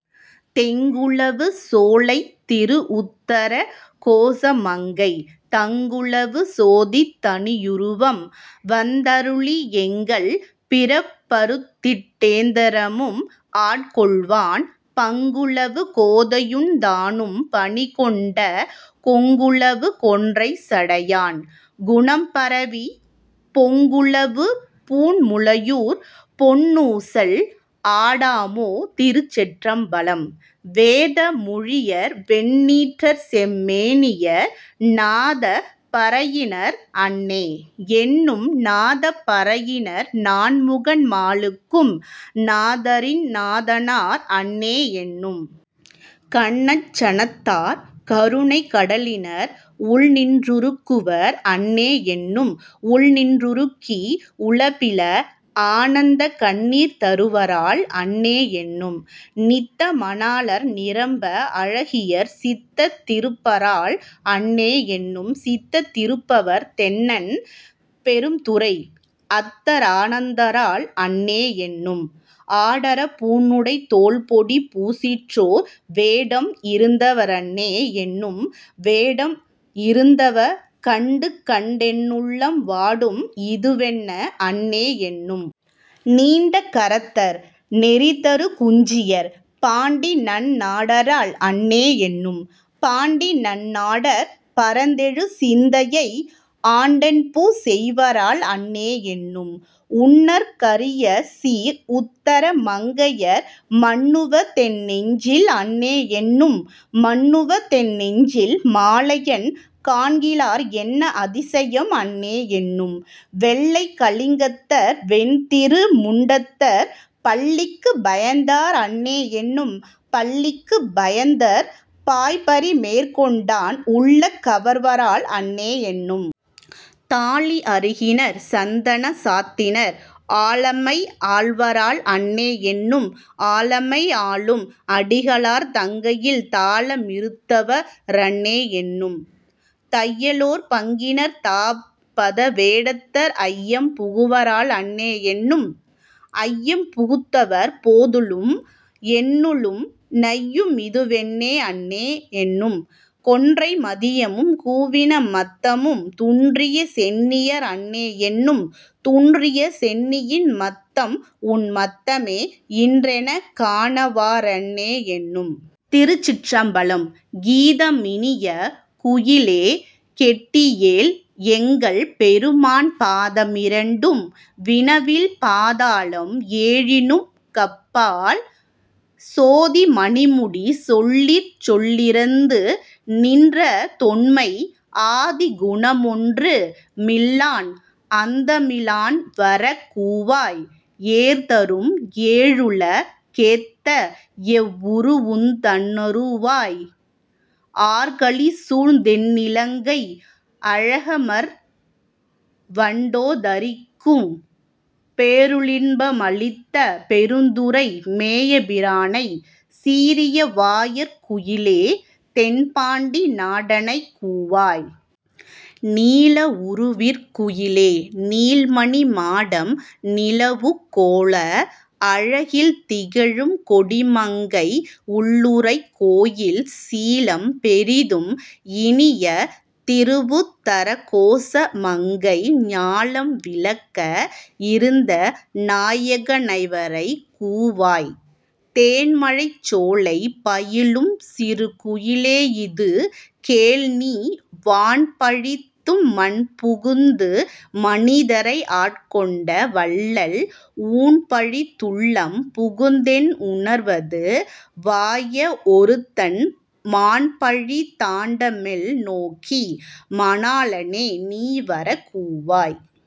தெங்குலவு சோலைத் திருஉத்தர கோசமங்கை தங்குலவு சோதித் தனியுருவம் வந்தருளி எங்கள் பிறப்பறுத்திட் டெந்தரமும் ஆட்கொள்வான் பங்குலவு கோதையுந் தானும் பணிகொண்ட கொங்குலவு கொன்றைச் சடையான் குணம்பரவிப் பொங்குலவு பூண்முலையுர் பொன்னூசல் ஆடாமோ. திருச்சிற்றம்பலம் வேத மொழியர்வெண் ணீற்றர்செம் மேனியர் நாதப் பறையினர் அன்னே என்னும் நாதப் பறையினர் நான்முகன் மாலுக்கும் நாதரிந் நாதனார் அன்னே என்னும். கண்ணஞ் சனத்தார் கருணைக் கடலினர் உள்நின் றுருக்குவர் அன்னே என்னும் உள்நின் றுருக்கி உலப்பில ஆனந்தக் கண்ணீர் தருவரால் அன்னே என்னும். நித்த மணாளர் நிரம்ப அழகியர் சித்தத் திருப்பரால் அன்னே என்னும் சித்தத் திருப்பவர் தென்னன் பெரும்துறை அத்தர்ஆ னந்தரால் அன்னே என்னும். ஆடரப் பூணுடைத் தோல்பொடிப் பூசிற்றோர் வேடம் இருந்தவா றன்னே என்னும் வேடம் இருந்தவா கண்டுகண் டென்னுள்ளம் வாடும் இதுவென்ன அன்னே என்னும். நீண்ட கரத்தர் நெறிதரு குஞ்சியர் பாண்டிநன் னாடரால் அன்னே என்னும் பாண்டிநன் னாடர் பரந்தெழு சிந்தையை ஆண்டன்பு செய்வரால் அன்னே என்னும். உன்னற் கரியசீர் உத்தர மங்கையர் மன்னுவ தென்நெஞ்சில் அன்னே என்னும் மன்னுவ தென்நெஞ்சில் மாலயன் காண்கிலார் என்ன அதியசம் அன்னே என்னும். வெள்ளைக் கலிங்கத்தர் வெண்திரு முண்டத்தர் பள்ளிக்குப் பாயந்தர் அன்னே என்னும் பள்ளிக்குப் பாயத்தர் பாய்பரி மேற்கொண்டான் உள்ளங் கவர்வரால் அன்னே என்னும். தாளி அறுகினர் சந்தனச் சாத்தினர் ஆளெம்மை ஆள்வரால் அன்னே என்னும் ஆளெம்மை ஆளும் அடிகளார் தங்கையில் தாள மிருந்தவா றன்னே என்னும். தையலோர் பங்கினர் தாபத வேடத்தர் ஐயம் புகுவரால் அன்னே என்னும் ஐயம் புகுந்தவர் போதலும் என்னுளும் நையுமிது வென்னே அன்னே என்னும். கொன்றை மதியமும் கூவின மத்தமும் துன்றிய சென்னியர் அன்னே என்னும் துன்றிய சென்னியின் மத்தம்உன் மத்தமே இன்றெனக் கானவா றன்னே என்னும். திருச்சிற்றம்பலம் கீத மினிய குயிலே கேட்டியேல் எங்கள் பெருமான் பாத மிரண்டும் வினவில் பாதாளம் ஏழினுக் கப்பால் சோதி மணிமுடி சொல்லிற் சொல்லிறந்து நின்ற தொன்மை ஆதிகுண மொன்று மில்லான் அந்தமி லான்வரக் கூவாய். ஏர்தரும் ஏழுல கேத்த எவ்வுரு வுந்தன் னுருவாய் ஆர்கலி சூழ்தென் னிலங்கை அழகமர் வண்டோ தரிக்குப் பேரருளின்ப மளித்த பெருந்துறை மேய பிரானைச் சீரிய வாயாற் குயிலே தென்பாண்டி நாடனைக் கூவாய். நீல வுருவிற் குயிலே நீள்மணி மாடம் நிலாவுங் கோல அழகில் திகழுங் கொடிமங்கை உள்ளுறை கோயில் சீலம் பெரிதும் இனிய திருவுத் தரகோச மங்கை ஞாலம் விளங்க இருந்த நாயக னைவரக் கூவாய். தேன்பழச் சோலை பயிலுஞ் சிறுகுயி லேயிது கேள்நீ வான்பழித் திம்மண் புகுந்து மனிதரை ஆட்கொண்ட வள்ளல் ஊன்பழித் துள்ளம் புகுந்தென் உணர்வது வாய வொருத்தன் மான்பழித் தாண்டமெல் நோக்கி மணாளனை நீவரக் கூவாய்.